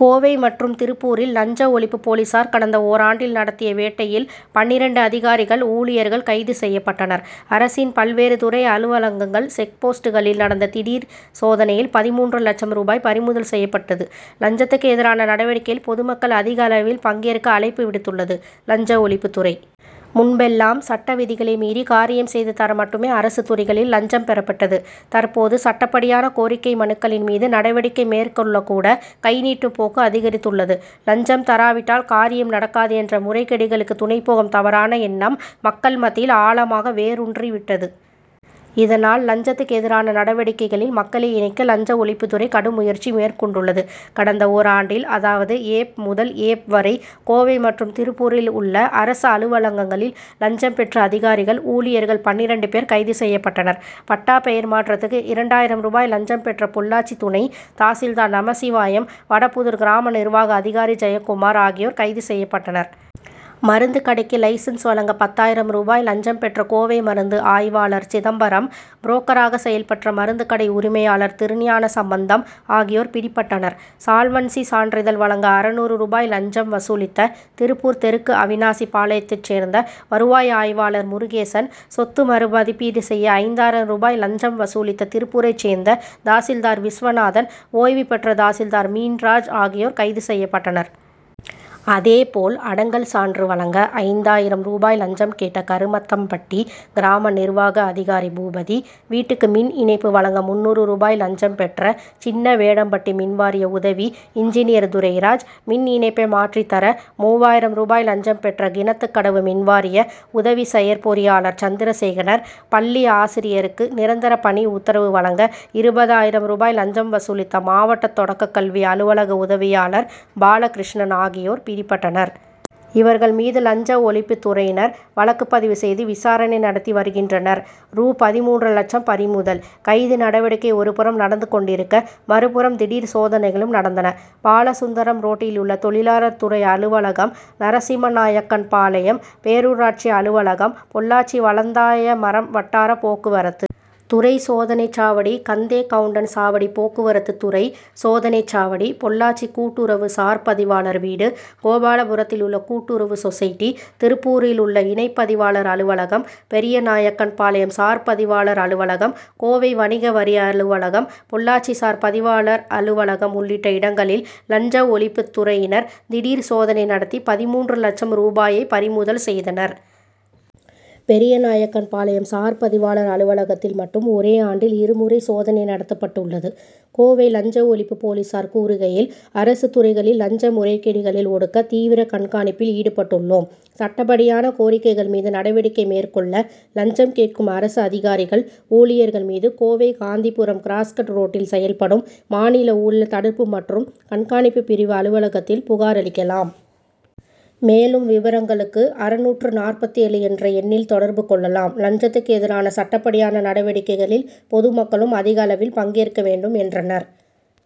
கோவை மற்றும் திருப்பூரில், லஞ்ச ஒழிப்பு போலீசார் கடந்த ஓராண்டில் நடத்திய வேட்டையில் பன்னிரண்டு அதிகாரிகள், ஊழியர்கள் கைது செய்யப்பட்டனர். அரசின் பல்வேறு துறை அலுவலகங்கள், செக்போஸ்ட்களில் நடந்த திடீர் சோதனையில் பதிமூன்று லட்சம் ரூபாய் பறிமுதல் செய்யப்பட்டது. லஞ்சத்துக்கு எதிரான நடவடிக்கையில் பொதுமக்கள் அதிகளவில் பங்கேற்க அழைப்பு விடுத்துள்ளது, லஞ்ச ஒழிப்புத்துறை. முன்பெல்லாம், சட்ட விதிகளை மீறி காரியம் செய்து தர மட்டுமே அரசு துறைகளில் லஞ்சம் பெறப்பட்டது. தற்போது, சட்டப்படியான கோரிக்கை மனுக்களின் மீது நடவடிக்கை மேற்கொள்ளக்கூட, கைநீட்டும் போக்கு அதிகரித்துள்ளது. லஞ்சம் தராவிட்டால் காரியம் நடக்காது' என்ற முறைகேடு களுக்கு துணைபோகும் தவறான எண்ணம், மக்கள் மத்தியில் ஆழமாக வேரூன்றி விட்டது. இதனால், லஞ்சத்துக்கு எதிரான நடவடிக்கைகளில் மக்களை இணைக்க லஞ்ச ஒழிப்புத்துறை கடும் முயற்சி மேற்கொண்டுள்ளது. கடந்த ஓராண்டில், அதாவது, ஏப்., முதல் ஏப்., வரை, கோவை மற்றும் திருப்பூரில் உள்ள அரசு அலுவலகங்களில் லஞ்சம் பெற்ற அதிகாரிகள், ஊழியர்கள் பன்னிரண்டு பேர் கைது செய்யப்பட்டனர். பட்டா பெயர் மாற்றத்துக்கு இரண்டாயிரம் ரூபாய் லஞ்சம் பெற்ற பொள்ளாச்சி துணை தாசில்தார் நமசிவாயம், வடபுதூர் கிராமநிர்வாக அதிகாரி ஜெயகுமார் ஆகியோர் கைது செய்யப்பட்டனர். மருந்துக் கடைக்கு லைசென்ஸ் வழங்க பத்தாயிரம் ரூபாய் லஞ்சம் பெற்ற கோவை மருந்து ஆய்வாளர் சிதம்பரம், புரோக்கராக செயல்பட்ட மருந்துக்கடை உரிமையாளர் திருஞானசம்மந்தம் ஆகியோர் பிடிபட்டனர். சால்வன்சி சான்றிதழ் வழங்க அறுநூறு ரூபாய் லஞ்சம் வசூலித்த திருப்பூர் தெற்கு அவிநாசி பாளையத்தைச் சேர்ந்த வருவாய் ஆய்வாளர் முருகேசன், சொத்து மறு மதிப்பீடு செய்ய ஐந்தாயிரம் ரூபாய் லஞ்சம் வசூலித்த திருப்பூரைச் சேர்ந்த தாசில்தார் விஸ்வநாதன், ஓய்வு பெற்ற தாசில்தார் மீன்ராஜ் ஆகியோர் கைது செய்யப்பட்டனர். அதேபோல், அடங்கல் சான்று வழங்க ஐந்தாயிரம் ரூபாய் லஞ்சம் கேட்ட கருமத்தம்பட்டி கிராம நிர்வாக அதிகாரி பூபதி, வீட்டுக்கு மின் இணைப்பு வழங்க முன்னூறு ரூபாய் லஞ்சம் பெற்ற சின்னவேடம்பட்டி மின்வாரிய உதவி இன்ஜினியர் துரைராஜ், மின் இணைப்பை மாற்றித்தர மூவாயிரம் ரூபாய் லஞ்சம் பெற்ற கிணத்துக்கடவு மின்வாரிய உதவி செயற்பொறியாளர் சந்திரசேகரன், பள்ளி ஆசிரியருக்கு நிரந்தர பணி உத்தரவு வழங்க இருபது ஆயிரம் ரூபாய் லஞ்சம் வசூலித்த, மாவட்ட தொடக்கல்வி அலுவலக உதவியாளர் பாலகிருஷ்ணன் ஆகியோர் பிடிபட்டனர். இவர்கள் மீது லஞ்ச ஒழிப்புத்துறையினர் வழக்குப்பதிவு செய்து விசாரணை நடத்தி வருகின்றனர். ரூ.பதிமூன்று லட்சம் பறிமுதல்: கைது நடவடிக்கை ஒருபுறம் நடந்து கொண்டிருக்க, மறுபுறம் திடீர் சோதனைகளும் நடந்தன. பாலசுந்தரம் ரோட்டிலுள்ள தொழிலாளர் துறை அலுவலகம், நரசிம்மநாயக்கன்பாளையம் பேரூராட்சி அலுவலகம், பொள்ளாச்சி வளந்தாயமரம் வட்டார போக்குவரத்து துறை சோதனை சாவடி, கந்தேகவுண்டன் சாவடி போக்குவரத்து துறை சோதனை சாவடி, பொள்ளாச்சி கூட்டுறவு சார் பதிவாளர் வீடு, கோபாலபுரத்திலுள்ள கூட்டுறவு சொசைட்டி, திருப்பூரிலுள்ள இணைப்பதிவாளர் அலுவலகம், பெரியநாயக்கன்பாளையம் சார் பதிவாளர் அலுவலகம், கோவை வணிக வரி அலுவலகம், பொள்ளாச்சி சார் பதிவாளர் அலுவலகம் உள்ளிட்ட இடங்களில் லஞ்ச ஒழிப்புத்துறையினர் திடீர் சோதனை நடத்தி, பதிமூன்று லட்சம் ரூபாயை பறி முதல் செய்தனர். பெரியநாயக்கன்பாளையம் சார் பதிவாளர் அலுவலகத்தில் மட்டும் ஒரே ஆண்டில் இரு முறை சோதனை நடத்தப்பட்டுள்ளது. கோவை லஞ்ச ஒழிப்பு போலீசார் கூறுகையில், அரசுத்துறைகளில் லஞ்ச முறைகேடுகளை ஒடுக்க தீவிர கண்காணிப்பில் ஈடுபட்டுள்ளோம். சட்டப்படியான கோரிக்கைகள் மீது நடவடிக்கை மேற்கொள்ள லஞ்சம் கேட்கும் அரசு அதிகாரிகள், ஊழியர்கள் மீது, கோவை, காந்திபுரம், கிராஸ்கட் ரோட்டில் செயல்படும் மாநில ஊழல் தடுப்பு மற்றும் கண்காணிப்பு பிரிவு அலுவலகத்தில் புகார் அளிக்கலாம். மேலும் விபரங்களுக்கு அறுநூற்று நாற்பத்தேழு என்ற எண்ணில் தொடர்பு கொள்ளலாம். லஞ்சத்துக்கு எதிரான சட்டப்படியான நடவடிக்கைகளில் பொதுமக்களும் அதிகளவில் பங்கேற்க வேண்டும், என்றனர்.